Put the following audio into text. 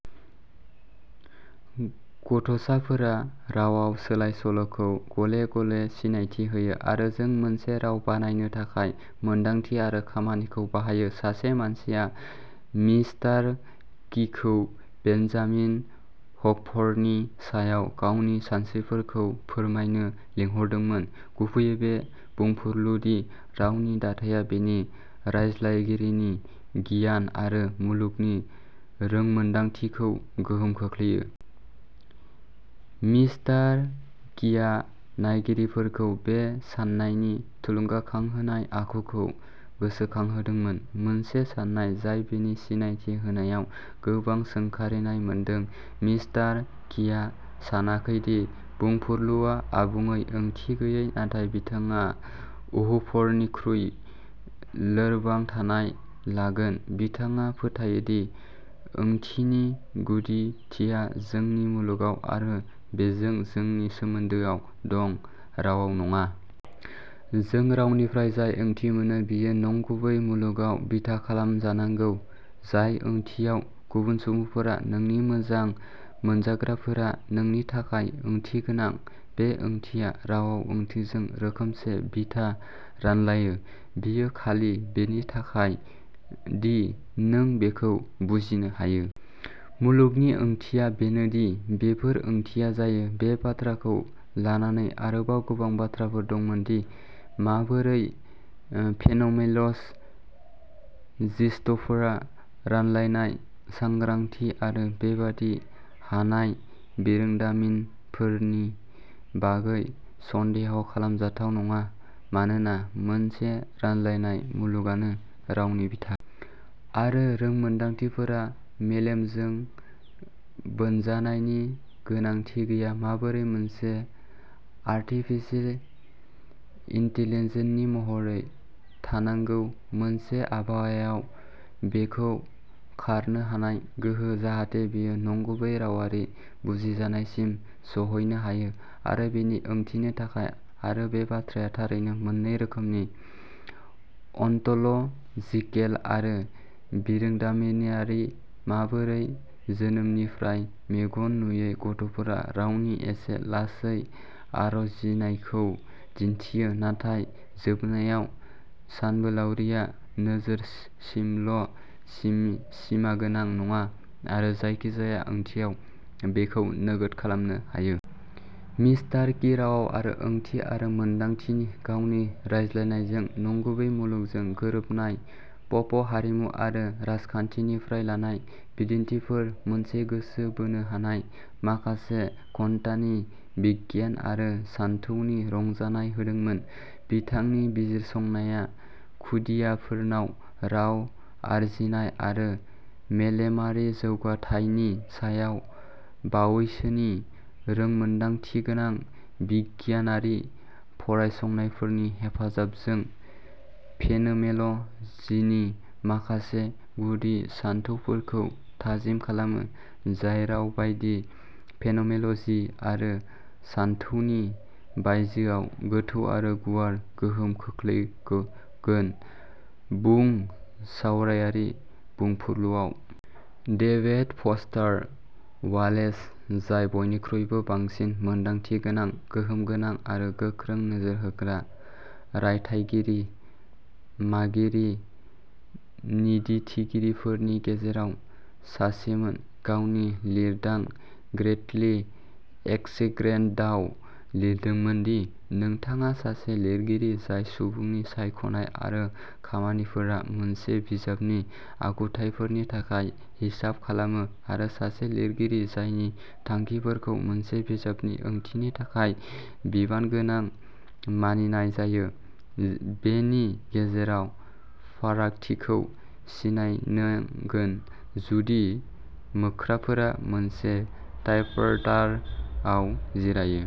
गथ'साफोरा रावाव सोलाय-सोल'खौ गले-गले सिनायथि होयो, आरो जों मोनसे राव बानायनो थाखाय मोनदांथि आरो खामानिखौ बाहायो। सासे मानसिया मिस्टार कीखौ बेन्जामिन हफरनि सायाव गावनि सानस्रिफोरखौ फोरमायनो लिंहरदोंमोन, गुबैयै बे बुंफुरलु दि रावनि दाथाया बिनि रायज्लायगिरिनि गियान आरो मुलुगनि रोंमोनदांथिखौ गोहोम खोख्लैयो। मिस्टार कीआ नायगिरिफोरखौ बे साननायनि थुलुंगाखांहोनाय आखुखौ गोसोखांहोदोंमोन, मोनसे साननाय जाय बेनि सिनायथि होनायाव गोबां सोंखारिनाय मोनदों। मिस्टार कीआ सानाखै दि बुंफुरलुआ आबुङै ओंथि गैयै, नाथाय बिथाङा व्हफरनिख्रुइ लोरबां थाथाय लागोन। बिथाङा फोथायो दि ओंथिनि गुदिथिया जोंनि मुलुगाव आरो बेजों जोंनि सोमोन्दोआव दं, रावाव नङा। जों रावनिफ्राय जाय ओंथि मोनो बेयो नंगुबै मुलुगाव बिथा खालामजानांगौ। जाय ओंथियाव गुबुन सुबुंफोरा-नोंनि मोजां मोनजाग्राफोरा-नोंनि थाखाय ओंथिगोनां, बे ओंथिआ रावाव ओंथिजों रोखोमसे बिथा रानलायो; बेयो खालि बेनि थाखाय दि नों बेखौ बुजिनो हायो। मुलुगनि ओंथिया बेनो दि बेफोर, ओंथिया, जायो। बे बाथ्राखौ लानानै आरोबाव गोबां बाथ्राफोर दंमोन दि माबोरै फेनोमेन'ल'जिस्टफोरा रानलायनाय सांग्रांथि आरो बेबादि हानाय बिरोंदामिनफोरनि बागै सन्देह खालामजाथाव नङा, मानोना मोनसे रानलायनाय मुलुगानो रावनि बिथा आरो रोंमोनदांथिफोरा मेलेमजों बोनजानायनि गोनांथि गैया; माबोरै मोनसे आर्टिफिसिये इन्टेलिजेन्सनि महर थानांगौ, मोनसे आबहावायाव बेखौ खारनो हानाय गोहो, जाहाथे बेयो नंगुबै रावारि बुजिनायसिम सौहैनो हायो आरो बेनि ओंथिनि थाखाय, आरो बे बाथ्राया थारैनो मोननै रोखोमनिः अनटोल'जिकेल आरो बिरोंदामिनारि; माबोरै जोनोमनिफ्राय मेगन नुयै गथ'फोरा रावनि एसे लासै आरजिनायखौ दिन्थियो, नाथाय जोबनायाव सानबोलावरिआ नोजोरसिमल'सिमागोनां नङा आरो जायखिजाया ओंथियाव बेखौ नोगोद खालामनो हायो। मिस्टार की, राव आरो ओंथि आरो मोनदांथिनि गावनि रायज्लायनायजों, नंगुबै मुलुगजों गोरोबनाय। पप हारिमु आरो राजखान्थिनिफ्राय लानाय बिदिन्थिफोर, मोनसे गोसो बोनो हानाय माखासे घन्टानि बिगियान आरो सानथौनि रंजानाय होदोंमोन। बिथांनि बिजिरसंनाया, खुदियाफोरनाव राव आरजिनाय आरो मेलेमारि जौगाथायनि सायाव बावैसोनि रोंमोनदांथिगोनां, बिगियानारि फरायसंफोरनि हेफाजाबजों फेनोमेल'जिनि माखासे गुदि सानथौफोरखौ थाजिम खालामो, जाय राव-बायदि फेनोमेल'जि आरो सानथौनि बायजोआव गोथौ आरो गुवार गोहोम खोख्लैगोन, बुं, सावरायारि बुंफुरलुआव। डेभेड फस्टार वालेस, जाय बयनिख्रुइबो बांसिन मोनदांथिगोनां, गोहोम गोनां, आरो गोख्रों नोजोर होग्रा रायथाइगिरि मागिरि निदिथिगिरिफोरनि गेजेराव सासेमोन, गावनि लिरदां, ग्रेटलि एक्सेग्रेण्डआव लिरदोंमोन दि "नोंथाङा सासे लिरगिरि-जाय सुबुंनि सायख'नाय आरो खामानिफोरा मोनसे बिजाबनि आखुथायफोरनि थाखाय हिसाब खालामो-आरो सासे लिरगिरि-जायनि थांखिफोरखौ मोनसे बिजाबनि ओंथिनि थाखाय बिबानगोनां मानिनाय जायो, बेनि गेजेराव फारागथिखौ सिनायनोगोन।" जुदि मोख्राफोरा मोनसे टाइपरटार आव जिरायनो